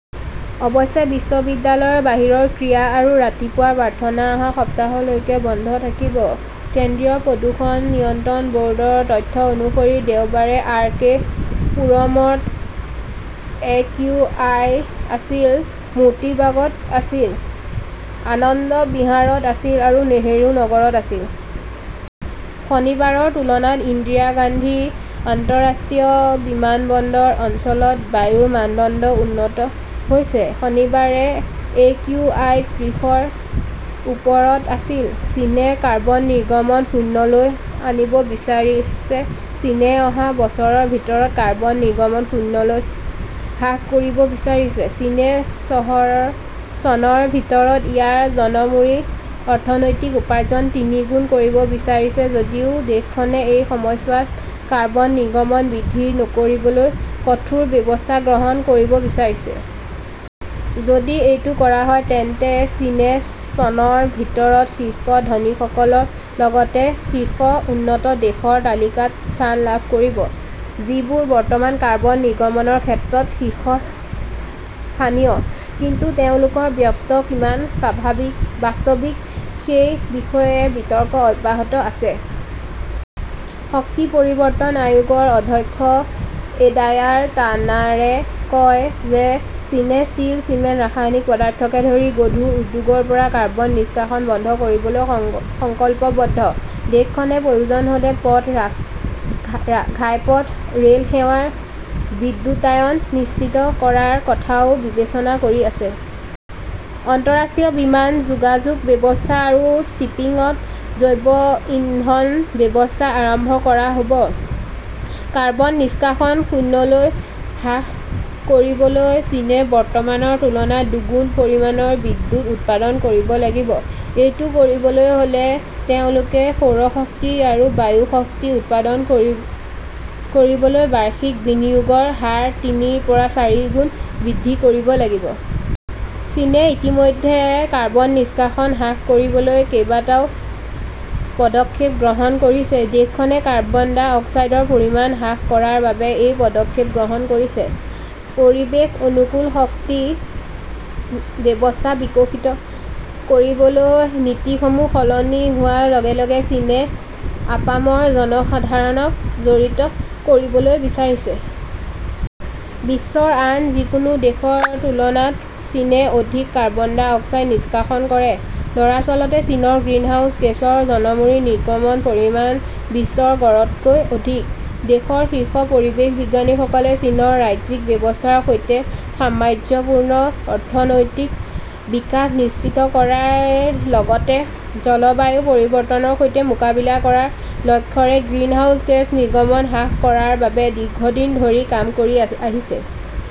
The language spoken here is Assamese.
অৱশ্যে বিদ্যালয়ৰ বাহিৰৰ ক্ৰীড়া আৰু ৰাতিপুৱাৰ প্ৰাৰ্থনা অহা সপ্তাহলৈকে বন্ধ থাকিব। কেন্দ্ৰীয় প্ৰদূষণ নিয়ন্ত্ৰণ বৰ্ডৰ তথ্য অনুসৰি, দেওবাৰে আৰ. কে. পুৰমত একিউ. আই. আছিল, মোটিবাগত আছিল, আনন্দ বিহাৰত আছিল আৰু নেহৰু নগৰত আছিল। শনিবাৰৰ তুলনাত ইন্দিৰা গান্ধী আন্তঃৰাষ্ট্ৰীয় বিমানবন্দৰ অঞ্চলত বায়ুৰ মানদণ্ড উন্নত হৈছে। শনিবাৰে একিউআই ত্ৰিশৰ ওপৰত আছিল। চীনে কাৰ্বন নিৰ্গমন শূন্যলৈ আনিব বিচাৰিছে চীনে অহা বছৰৰ ভিতৰত কাৰ্বন নিৰ্গমন শূন্যলৈ হ্ৰাস কৰিব বিচাৰিছে। চীনে চনৰ ভিতৰত ইয়াৰ জনমূৰি অৰ্থনৈতিক উপাৰ্জন তিনিগুণ কৰিব বিচাৰিছে যদিও দেশখনে এই সময়ছোৱাত কাৰ্বন নিৰ্গমন বৃদ্ধি নকৰিবলৈ কঠোৰ ব্যৱস্থা গ্ৰহণ কৰিব বিচাৰিছে। যদি এইটো কৰা হয়, তেন্তে চীনে চনৰ ভিতৰত শীৰ্ষ ধনীসকলৰ লগতে শীৰ্ষ উন্নত দেশসমূহৰ তালিকাত স্থান লাভ কৰিব, যিবোৰ বৰ্তমান কাৰ্বন নিৰ্গমনৰ ক্ষেত্ৰত শীৰ্ষস্থানীয়। কিন্তু তেওঁলোকৰ বক্তব্য কিমান বাস্তৱিক সেই বিষয়ে বিতৰ্ক অব্যাহত আছে। শক্তি পৰিৱৰ্তন আয়োগৰ অধ্যক্ষ এডায়াৰ টাৰ্নাৰে কয় যে চীনে ষ্টীল, চিমেণ্ট, ৰাসায়নিক পদাৰ্থকে ধৰি গধুৰ উদ্যোগৰ পৰা কাৰ্বন নিষ্কাশন বন্ধ কৰিবলৈ সংকল্পবদ্ধ। দেশখনে প্ৰয়োজন হ'লে পথ, ঘাইপথ আৰু ৰে'ল সেৱাৰ বিদ্যুতায়ন নিশ্চিত কৰাৰ কথাও বিবেচনা কৰি আছে। আন্তঃৰাষ্ট্ৰীয় বিমান যোগাযোগ ব্যৱস্থা আৰু শ্বিপিংত জৈৱ ইন্ধন ব্যৱস্থা আৰম্ভ কৰা হ'ব। কাৰ্বন নিষ্কাশন শূন্যলৈ হ্ৰাস কৰিবলৈ চীনে বৰ্তমানৰ তুলনাত দুগুণ পৰিমাণৰ বিদ্যুৎ উৎপাদন কৰিব লাগিব। এইটো কৰিবলৈ হ'লে তেওঁলোকে সৌৰ শক্তি আৰু বায়ু শক্তি উৎপাদন বৃদ্ধি কৰিবলৈ বাৰ্ষিক বিনিয়োগৰ হাৰ তিনিৰ পৰা চাৰিগুণ বৃদ্ধি কৰিব লাগিব। চীনে ইতিমধ্যে কাৰ্বন নিষ্কাশন হ্ৰাস কৰিবলৈ কেইবাটাও পদক্ষেপ গ্ৰহণ কৰিছে। দেশখনে কাৰ্বন ডাই অক্সাইডৰ পৰিমাণ হ্ৰাস কৰাৰ বাবে এই পদক্ষেপ গ্ৰহণ কৰিছে। পৰিৱেশ-অনুকূল শক্তি ব্যৱস্থা বিকশিত কৰিবলৈ নীতিসমূহ সলনি হোৱাৰ লগে লগে চীনে আপামৰ জনসাধাৰণক জড়িত কৰিবলৈ বিচাৰিছে। বিশ্বৰ আন যিকোনো দেশৰ তুলনাত চীনে অধিক কাৰ্বন ডাই অক্সাইড নিষ্কাশন কৰে। দৰাচলতে, চীনত এই গ্ৰিনহাউজ গেছৰ জনমূৰি নিৰ্গমনৰ পৰিমাণও বিশ্বৰ গড়তকৈ অধিক। দেশৰ শীৰ্ষ পৰিৱেশ বিজ্ঞানীসকলে চীনৰ ৰাজ্যিক ব্যৱস্থাৰ সৈতে সামঞ্জস্যপূৰ্ণ অৰ্থনৈতিক বিকাশ নিশ্চিত কৰাৰ লগতে জলবায়ু পৰিৱৰ্তনৰ সৈতে মোকাবিলা কৰাৰ লক্ষ্যৰে গ্ৰিনহাউজ গেছ নিৰ্গমন হ্ৰাস কৰাৰ বাবে দীৰ্ঘদিন ধৰি কাম কৰি আহিছে।